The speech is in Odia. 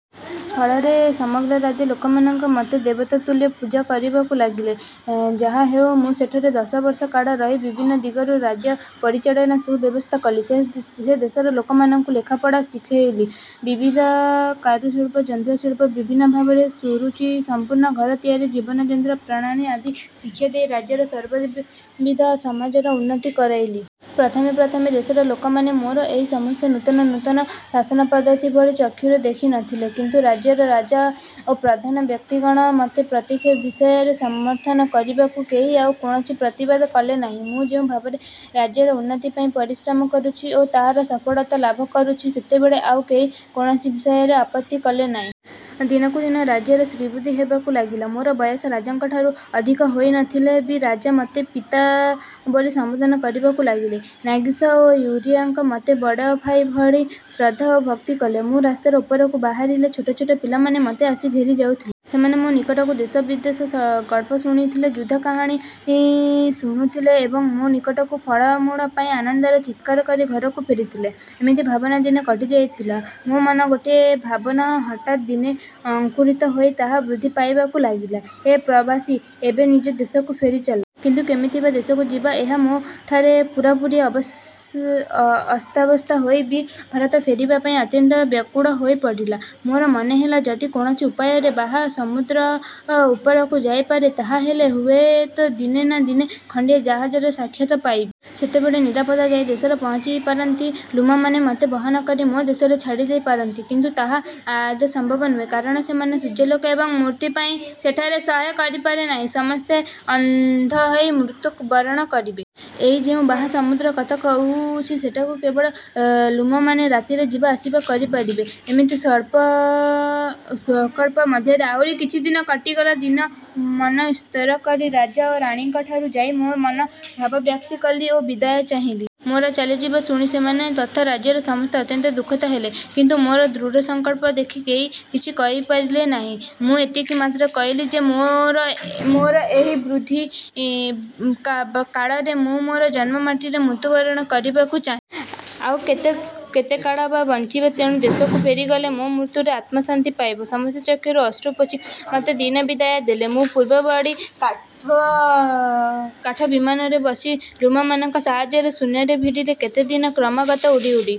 ଫଳରେ ସମଗ୍ର ରାଜ୍ୟର ଲୋକମାନେ ମୋତେ ଦେବତା ତୁଲ୍ୟ ପୂଜା କରିବାକୁ ଲାଗିଲେ। ଯାହାହେଉ ମୁଁ ସେଠାରେ ଦଶବର୍ଷ କାଳ ରହି ବିଭିନ୍ନ ଦିଗରୁ ରାଜ୍ୟ ପରିଚାଳନାର ସୁବ୍ୟବସ୍ଥା କଲି। ସେ ଦେଶର ଲୋକମାନଙ୍କୁ ଲେଖାପଢ଼ା ଶିଖାଇଲି। ବିବିଧ କାରୁଶିଳ୍ପ, ଯନ୍ତ୍ରଶିଳ୍ପ, ବିଭିନ୍ନ ଭାବରେ ସୁରୁଚିସମ୍ପନ୍ନ ଘର ତିଆରି, ଜୀବନଯାତ୍ରା ପ୍ରଣାଳୀ ଆଦି ଶିକ୍ଷା ଦେଇ ରାଜ୍ୟର ସର୍ବବିଧ ସାମାଜିକ ଉନ୍ନତି କରାଇଲି। ପ୍ରଥମେ ପ୍ରଥମେ ଦେଶର ଲୋକମାନେ ମୋର ଏଇ ସମସ୍ତ ନୂତନ ନୂତନ ଶାସନପଦ୍ଧତି ଭଲ ଚକ୍ଷୁରେ ଦେଖି ନ ଥିଲେ; କିନ୍ତୁ ରାଜ୍ୟର ରାଜା ଓ ପ୍ରଧାନ ବ୍ୟକ୍ତିଗଣ ମୋତେ ପ୍ରତ୍ୟେକ ବିଷୟରେ ସମର୍ଥନ କରିବାରୁ, କେହି ଆଉ କୌଣସି ପ୍ରତିବାଦ କଲେ ନାହିଁ। ମୁଁ ଯେଉଁ ଭାବରେ ରାଜ୍ୟର ଉନ୍ନତିପାଇଁ ପରିଶ୍ରମ କରୁଛି ଓ ତାହା ସଫଳତା ଲାଭ କରୁଛି, ସେତେବେଳେ ଆଉ କେହି କୌଣସି ବିଷୟରେ ଆପତ୍ତି କଲେ ନାହିଁ। ଦିନକୁ ଦିନ ରାଜ୍ୟର ଶ୍ରୀବୃଦ୍ଧି ହେବାକୁ ଲାଗିଲା। ମୋର ବୟସ ରାଜାଙ୍କଠାରୁ ଅଧିକ ହୋଇନଥିଲେ ବି ରାଜା ମୋତେ ପିତା ବୋଲି ସମ୍ବୋଧନ କରିବାକୁ ଲାଗିଲେ। ନାସିଗ୍ ଓ ଇଉଓୟାରକି ମୋତେ ବଡ଼ଭାଇ ଭଳି ଶ୍ରଦ୍ଧା ଓ ଭକ୍ତି କଲେ। ମୁଁ ରାସ୍ତା ଉପରକୁ ବାହାରିଲେ ଛୋଟ ଛୋଟ ପିଲାମାନେ ମୋତେ ଆସି ଘେରି ଯାଉଥିଲେ। ସେମାନେ ମୋ ନିକଟରୁ ଦେଶ-ବିଦେଶର ଗଳ୍ପ ଶୁଣୁଥିଲେ, ଯୁଦ୍ଧର କାହାଣୀ ଶୁଣୁଥିଲେ ଏବଂ ମୋ ନିକଟରୁ ଫଳମୂଳ ପାଇ ଆନନ୍ଦରେ ଚିତ୍କାର କରି ଘରକୁ ଫେରୁଥିଲେ। ଏମିତି ଭାବରେ ଦିନ କଟିଯାଉଥିଲା। ମୋ ମନର ଗୋଟିଏ ଭାବନା ହଠାତ୍ ଦିନେ ଅଙ୍କୁରିତ ହୋଇ ତାହା ବୃଦ୍ଧି ପାଇବାକୁ ଲାଗିଲା,–''ହେ ପ୍ରବାସୀ, ଏବେ ନିଜ ଦେଶକୁ ଫେରି ଚାଲ-। '' କିନ୍ତୁ କେମିତି ବା ଦେଶକୁ ଯିବି, ଏହା ମୋ'ଠାରେ ପୂରାପୂରି ଅବାସ୍ତବ ହେଲେ ବି ଭାରତ ଫେରିବାପାଇଁ ଅତ୍ୟନ୍ତ ବ୍ୟାକୁଳ ହୋଇପଡ଼ିଲି। ମୋର ମନେହେଲା, ଯଦି କୌଣସି ଉପାୟରେ ବାହାର ସମୁଦ୍ର ଉପରକୁ ଯାଇପାରିବି, ତାହାହେଲେ ହୁଏତ ଦିନେ ନା ଦିନେ ଖଣ୍ଡିଏ ଜାହାଜର ସାକ୍ଷାତ ପାଇବି। ସେତେବେଳେ ନିରାପଦରେ ଯାଇ ଦେଶରେ ପହଞ୍ଚି ପାରନ୍ତି। ଲ୍ଲୁମମାନେ ମୋତେ ବହନ କରି ମୋ ଦେଶରେ ଛାଡ଼ିଦେଇ ପାରନ୍ତେ; କିନ୍ତୁ ତାହା ଆଦୌ ସମ୍ଭବ ନୁହେଁ, କାରଣ ସେମାନେ ସୂର୍ଯ୍ୟାଲୋକ ଏକ ମୁହୂର୍ତ୍ତପାଇଁ ସେଠାରେ ସହ୍ୟ କରିପାରିବେ ନାହିଁ। ସମସ୍ତେ ଅନ୍ଧ ହୋଇ ମୃତ୍ୟୁ ବରଣ କରିବେ। ଏହି ଯେଉଁ ବାହାର ସମୁଦ୍ର କଥା କହୁଛି, ସେଠାକୁ କେବଳ ଲ୍ଲୁମମାନେ ରାତିରେ ଯିବା ଆସିବା କରିପାରିବେ। ଏମିତି ସଂକଳ୍ପ ମଧ୍ୟରେ ଆହୁରି କିଛିଦିନ କଟିଗଲା। ଦିନେ ମନ ସ୍ଥିର କରି ରାଜା ଓ ରାଣୀଙ୍କଠାକୁ ଯାଇ ମୋ ମନର ଭାବ ବ୍ୟକ୍ତ କଲି ଓ ବିଦାୟ ଚାହିଁଲି। ମୋର ଚାଲିଯିବା ଶୁଣି ସେମାନେ ତଥା ରାଜ୍ୟର ସମସ୍ତେ ଅତ୍ୟନ୍ତ ଦୁଃଖିତ ହେଲେ। କିନ୍ତୁ ମୋର ଦୃଢ଼ ସଂକଳ୍ପ ଦେଖି କେହି କିଛି କହିପାରିଲେ ନାହିଁ। ମୁଁ ଏତିକି ମାତ୍ର କହିଲି ଯେ, ମୋର ଏହି ବୃଦ୍ଧ କାଳରେ ମୁଁ ମୋର ଜନ୍ମ ମାଟିରେ ମୃତ୍ୟୁବରଣ କରିବାକୁ ଚାହେଁ। ଆଉ କେତେକାଳ ବା ବଞ୍ଚିବି, ତେଣୁ ଦେଶକୁ ଫେରିଗଲେ ମୋ ମୃତ୍ୟୁରେ ଆତ୍ମା ଶାନ୍ତି ପାଇବ। ସମସ୍ତେ ଚକ୍ଷରୁ ଅଶ୍ରୁ ପୋଛି ମୋତେ ଦିନେ ବିଦାୟ ଦେଲେ। ମୁଁ ପୂର୍ବଭଳି କାଠ ବିମାନରେ ବସି ଲ୍ଲୁମମାନଙ୍କ ସାହାଯ୍ୟରେ ଶୂନ୍ୟରେ ଉଡ଼ିଲି। କେତେଦିନ କ୍ରମାଗତ ଉଡ଼ି ଉଡ଼ି